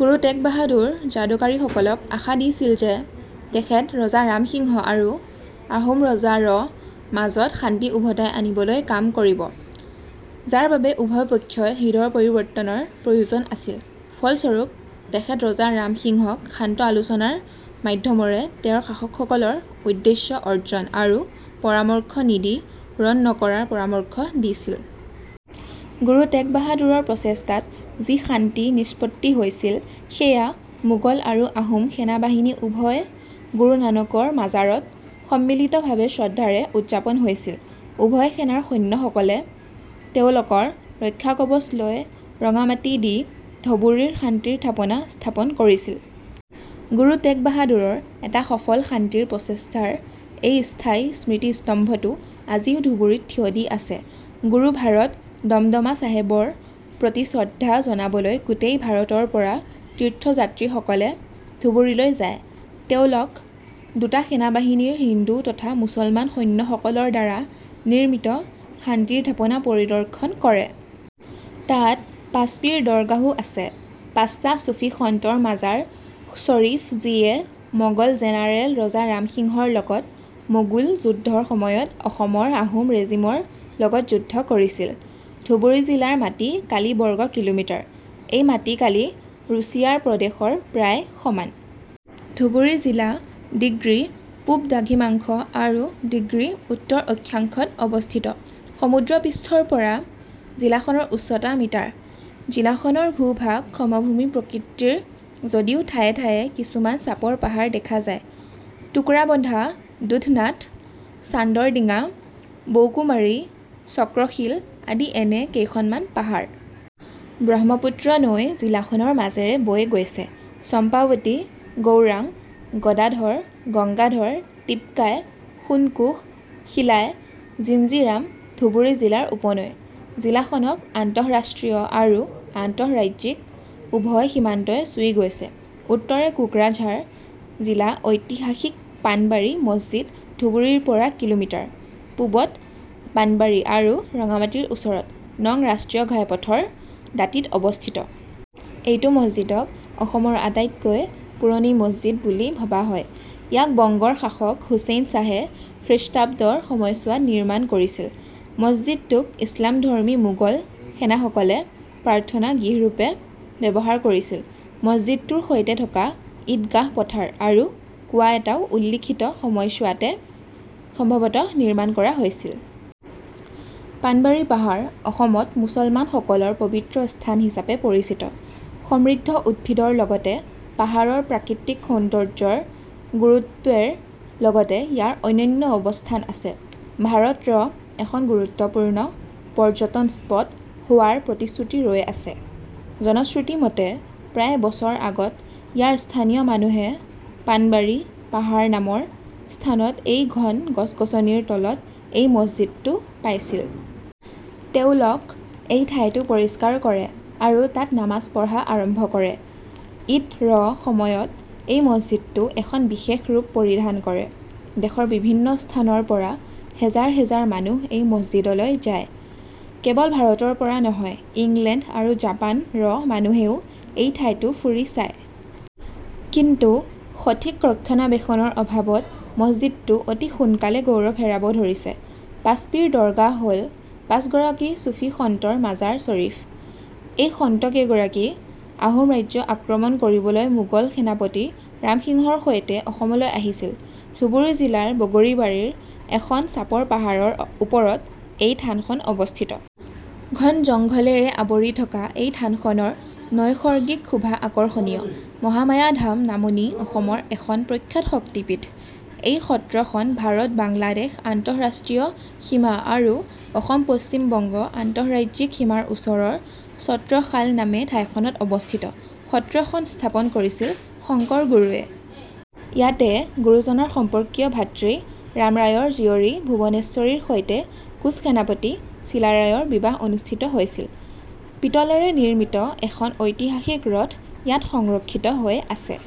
গুৰু টেগ বাহাদুৰ যাদুকাৰীসকলক আশা দিছিল যে তেখেত ৰজা ৰাম সিংহ আৰু আহোম ৰজা ৰ মাজত শান্তি ওভতাই আনিবলৈ কাম কৰিব, যাৰ বাবে উভয় পক্ষই হৃদয় পৰিবৰ্তনৰ প্ৰয়োজন আছিল। ফলস্বৰূপ, তেখেত ৰজা ৰাম সিংহক শান্ত আলোচনাৰ মাধ্যমৰে তেওঁৰ শাসকসকলৰ উদ্দেশ্য অৰ্জন আৰু পৰামৰ্শ নিদি ৰণ নকৰাৰ পৰামৰ্শ দিছিল। গুৰু টেগ বাহাদুৰৰ প্ৰচেষ্টাত যি শান্তি নিষ্পত্তি হৈছিল সেয়া মোগল আৰু আহোম সেনাবাহিনী উভয় গুৰু নানকৰ মাজাৰত সম্মিলিতভাবে শ্ৰদ্ধাৰে উৎযাপন হৈছিল। উভয় সেনাৰ সৈন্যসকলে তেওঁলকৰ ৰক্ষাকবজ লৈ ৰঙা মাটি দি ধবুৰীৰ শান্তিৰ থাপনা স্থাপন কৰিছিল। গুৰু টেগ বাহাদুৰৰ এটা সফল শান্তিৰ প্ৰচেষ্টাৰ এই স্থায়ী স্মৃতিস্তম্ভটো আজিও ধুবুৰীত থিয় দি আছে। গুৰুভাৰত দমদমা চাহেবৰ প্ৰতি শ্ৰদ্ধা জনাবলৈ গোটেই ভাৰতৰ পৰা তীৰ্থযাত্ৰীসকলে ধুবুৰীলৈ যায়। তেওঁলক দুটা সেনাবাহিনীৰ হিন্দু তথা মুছলমান সৈন্যসকলৰ দ্বাৰা নিৰ্মিত শান্তিৰ থাপনা পৰিদৰ্শন কৰে। তাত পাঁচপীৰ দৰগাহও আছে, পাঁচটা চুফী সন্তৰ মাজাৰ শৰীফ যিয়ে মগল জেনাৰেল ৰজা ৰাম সিংহৰ লগত মগোল যুদ্ধৰ সময়ত অসমৰ আহোম ৰেজিমৰ লগত যুদ্ধ কৰিছিল। ধুবুৰী জিলাৰ মাটি কালি বৰ্গ কিঃমিঃ। এই মাটি কালি ৰুচিয়াৰ প্ৰদেশৰ প্ৰায় সমান। ধুবুৰী জিলা - ডিগ্ৰী পূব দ্ৰাঘিমাংশ আৰু - ডিগ্ৰী উত্তৰ অক্ষাংশত অৱস্থিত। সমুদ্ৰ পৃষ্ঠৰ পৰা জিলাখনৰ উচ্চতা মিটাৰ। জিলাখনৰ ভূভাগ সমভূমি প্ৰকৃতিৰ যদিও ঠায়ে ঠায়ে কিছুমান চাপৰ পাহাৰ দেখা যায়। টোকোৰাবন্ধা, দুধনাথ, চান্দৰ দিঙা, বৌকুমাৰী, চক্ৰশীল আদি এনে কেইখনমান পাহাৰ। ব্ৰহ্মপুত্ৰ নৈ জিলাখনৰ মাজেৰে বৈ গৈছে। চম্পাৱতী, গৌৰাং, গদাধৰ, গংগাধৰ, টিপকাই, সোণকোষ, শিলাই, জিঞ্জিৰাম ধুবুৰী জিলাৰ উপনৈ। জিলাখনক আন্তঃৰাষ্ট্ৰীয় আৰু আন্তঃৰাজ্যিক উভয় সীমান্তই চুই গৈছে। উত্তৰে কোকৰাঝাৰ জিলা ঐতিহাসিক পাণবাৰী মছজিদ ধুবুৰীৰ পৰা কিঃমিঃ পূবত পাণবাৰী আৰু ৰঙামাটিৰ ওচৰত, নং ৰাষ্ট্ৰীয় ঘাইপথৰ দাঁতিত অৱস্থিত। এইটো মছজিদক অসমৰ আটাইতকৈ পুৰণি মছজিদ বুলি ভবা হয়। ইয়াক বংগৰ শাসক হুচেইন শ্বাহে খৃষ্টাব্দৰ সময়চোৱাত নিৰ্মাণ কৰিছিল। মছজিদটোক ইচলামধৰ্মী মোগল সেনাসকলে প্ৰাৰ্থনা-গৃহৰূপে ব্যৱহাৰ কৰিছিল। মছজিদটোৰ সৈতে থকা ইদগাহ পথাৰ আৰু কুঁৱা এটাও উল্লিখিত সময়চোৱাতে সম্ভৱতঃ নিৰ্মাণ কৰা হৈছিল। পাণবাৰী "পাহাৰ", অসমত মুছলমান সকলৰ পবিত্ৰ স্থান হিচাপে পৰিচিত। সমৃদ্ধ উদ্ভিদৰ লগতে পাহাৰৰ প্ৰাকৃতিক সৌন্দৰ্যৰ গুৰুত্বেৰ লগতে ইয়াৰ অনন্য অৱস্থান আছে, ভাৰত ৰ এখন গুৰুত্বপূৰ্ণ পৰ্যটন স্পট হোৱাৰ প্ৰতিশ্ৰুতি ৰৈ আছে। জনশ্ৰুতি মতে, প্ৰায় বছৰ আগত ইয়াৰ স্থানীয় মানুহে পাণবাৰী "পাহাৰ" নামৰ স্থানত এই ঘন গছ-গছনিৰ তলত এই মছজিদটো পাইছিল। তেওঁলক এই ঠাইটো পৰিষ্কাৰ কৰে আৰু তাত নামাজ পঢ়া আৰম্ভ কৰে। ' ঈদ '-ৰ সময়ত এই মছজিদটো এখন বিশেষ ৰূপ পৰিধান কৰে। দেশৰ বিভিন্ন স্থানৰ পৰা হেজাৰ হেজাৰ মানুহ এই মছজিদলৈ যায়। কেৱল ভাৰতৰ পৰা নহয়, ইংলেণ্ড আৰু জাপান ৰ মানুহেও এই ঠাইটো ফুৰি চায়। কিন্তু সঠিক ৰক্ষণাবেক্ষণৰ অভাবত মছজিদটো অতি সোনকালে গৌৰৱ হেৰাব ধৰিছে। পাঁচ পীৰ দৰগাহ হ'ল পাঁচগৰাকী চুফী সন্তৰ মাজাৰ চৰিফ। এই সন্তকেইগৰাকী আহোম ৰাজ্য আক্ৰমণ কৰিবলৈ মোগল সেনাপতি ৰামসিংহৰ সৈতে অসমলৈ আহিছিল। ধুবুৰী জিলাৰ বগৰীবাৰীৰ এখন চাপৰ পাহাৰৰ ওপৰত এই থানখন অৱস্থিত। ঘন জংঘলেৰে আৱৰি থকা এই থানখনৰ নৈসৰ্গিক শোভা আকৰ্ষণীয়। মহামায়া ধাম নামনি অসমৰ এখন প্ৰখ্যাত শক্তিপীঠ। এই সত্ৰখন ভাৰত-বাংলাদেশ আন্তঃৰাষ্ট্ৰীয় সীমা আৰু অসম-পশ্চিম বংগ আন্তঃৰাজ্যিক সীমাৰ ওচৰৰ ছত্ৰশাল নামে ঠাইখনত অৱস্থিত। সত্ৰখন স্থাপন কৰিছিল শংকৰ গুৰুৱে। ইয়াতে গুৰুজনাৰ সম্পৰ্কীয় ভাতৃ ৰামৰায়ৰ জীয়ৰী ভুৱনেশ্বৰীৰ সৈতে কোঁচ সেনাপতি চিলাৰায়ৰ বিবাহ অনুষ্ঠিত হৈছিল। পিতলেৰে নিৰ্মিত এখন ঐতিহাসিক ৰথ ইয়াত সংৰক্ষিত হৈ আছে।